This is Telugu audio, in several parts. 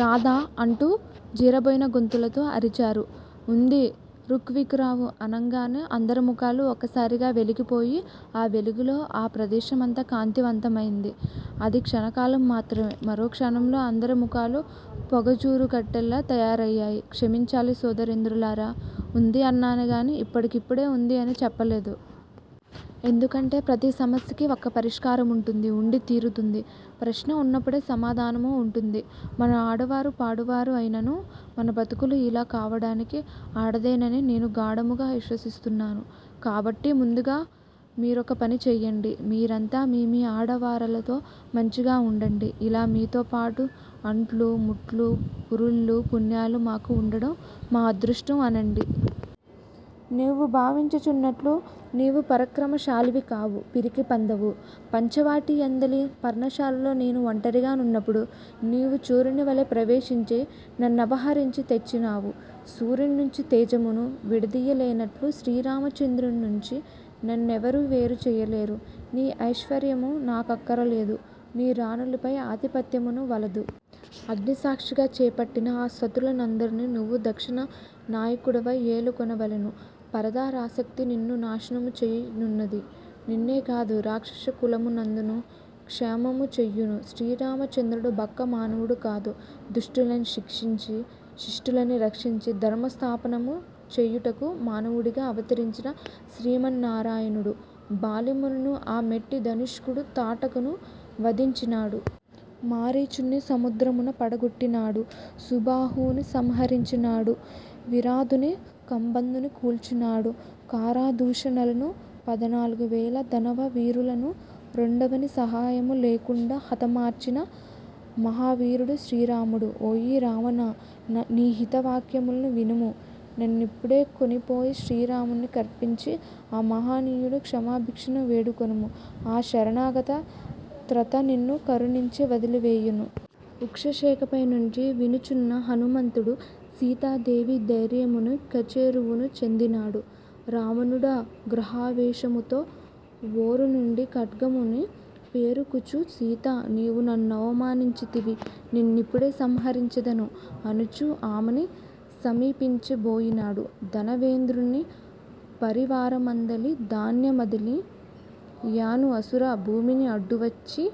రాదా! అంటూ జీరబోయిన గొంతులతో అరిచారు. ఉంది రుక్ విక్ రావు అనంగానే అందరి ముఖాలు ఒక్కసారిగా వెలిగిపోయి ఆ వెలుగులో ఆ ప్రదేశమంతా కాంతివంతమైంది. అది క్షణకాలం మాత్రమే. మరో క్షణంలో అందరి ముఖాలూ పొగచూరుకట్టెల్లా తయారయ్యాయి. క్షమించాలి సోదరేంద్రులారా! వుంది అన్నానుగాని ఇప్పటికిప్పుడే వుంది అని చెప్పలేదు. ఎందుకంటే ప్రతిసమస్యకి ఒక పరిష్కారముంటుంది వుండి తీరుతుంది. ప్రశ్న వున్నప్పుడే సమాధానమూ వుంటుంది. మన ఆడువారు పాడువారు అయినను మన బ్రతుకులు యిలా కావటానికి ఆడదేనని నేను గాఢముగా విశ్వసించుచున్నాను కాబట్టి ముందుగా మీరొక పని చెయ్యండి. మీరంతా మీమీ ఆడవారలతో మంచిగా వుండండి. ఇలా మీతో పాటు అంట్లు-ముట్లు పురుళ్ళు పుణ్యాలూ మాకు వుండటం మా అదృష్టం అనండి. నీవు భావించుచున్నట్లు నీవు పరాక్రమశాలివి కావు; పిరికిపందవు! పంచవటి యందలి పర్ణశాలలో నేను ఒంటరిగా నున్నప్పుడు నీవు చోరుని వలె ప్రవేశించి నన్నపహరించి తెచ్చినావు! సూర్యుని నుండి తేజమును విడదీయలేనట్లు శ్రీరామచంద్రుని నుండి నన్నెవరును వేరు చేయలేరు. నీ ఐశ్వర్యము నాకక్కరలేదు. నీ రాణులపై ఆధిపత్యమును వలదు. అగ్నిసాక్షిగ చేపట్టిన ఆ సతులనందరనూ నీవు దక్షిణ నాయకుడవై ఏలుకొనవలెను పరదారాసక్తి నిన్ను నాశనము చేయనున్నది. నిన్నే కాదు, రాక్షస కులము నంతను క్షమముచేయును. శ్రీరామచంద్రుడు బక్క మానవుడు కాదు; దుష్టులను శిక్షించి, శిష్టులను రక్షించి ధర్మ సంస్థాపనము చేయుటకు మానవుడుగా అవతరించిన శ్రీమన్నారాయణుడు! బాల్యముననే ఆ మేటి ధానుష్కుడు తాటకను వధించినాడు. మారీచుని సముద్రమున పడగొట్టినాడు. సుబాహువును సంహారించినాడు. విరాధునీ కంబధునీ కూల్చినాడు. ఖరదూషణులనూ పదునాలుగువేల దానవ వీరులనూ రెండవవాని సాహాయ్యము లేకుండ హతమార్చిన మహావీరుడు శ్రీరాముడు! ఓయీ రావణా నా హిత వాక్యములను వినుము. నన్నిప్పుడే కొనిపోయి శ్రీరామచంద్రుని కర్పించి ఆ మహనీయుని క్షమాభిక్షణు వేడుకొనుము. ఆ శరణాగత త్రాత నిన్ను కరుణించి వదలివేయును. వృక్షశాఖపై నుండి వినుచున్న హనుమంతుడు సీతాదేవి ధైర్యమున కచ్చెరువును చెందినాడు. రావణుడాగ్రహావేశముతో ఒఱ నుండి ఖడ్గమును పెఱుకుచూ సీతా, నీవు నన్నవమానించితివి! నిన్నిప్పుడే సంహరించెదను! అనుచు ఆమెను సమీపించబోయినాడు. దనవేంద్రుని పరివారమందలి 'ధాన్యమాలిని' యను అసుర భూమిని అడ్డువచ్చి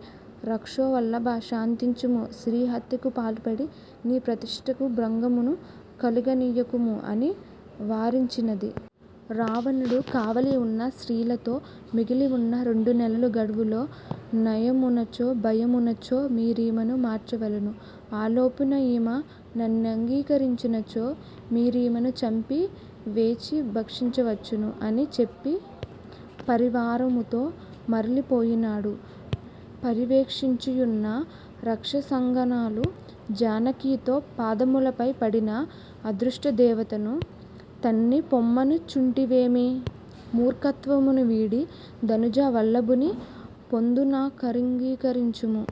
రక్షోవల్లభా శాంతించుము, స్త్రీ హత్యకు పాల్పడి నీ ప్రతిష్ఠకు భంగమును కలుగనీయకుము అని వారించినది. రావణుడు కావలియున్న స్త్రీలతో, మిగిలియున్న రెండు నెలల గడువులో నయమునచో భయమునచో మీరామెను మార్చవలెను. ఆలోపున ఈమె నన్నంగీకరించనిచో మీరీమెను చంపి వైచి భక్షించవచ్చును అని చెప్పి పరివారముతో మరలిపోయినాడు. పరివేష్టించియున్న రాక్షసాంగనలు జానకితో పాదములపై పడిన అదృష్ట దేవతను తన్ని పొమ్మనుచుంటివేమి? మూర్ఖత్వమును వీడి దనుజ వల్లభుని పొందునకంగీకరించుము.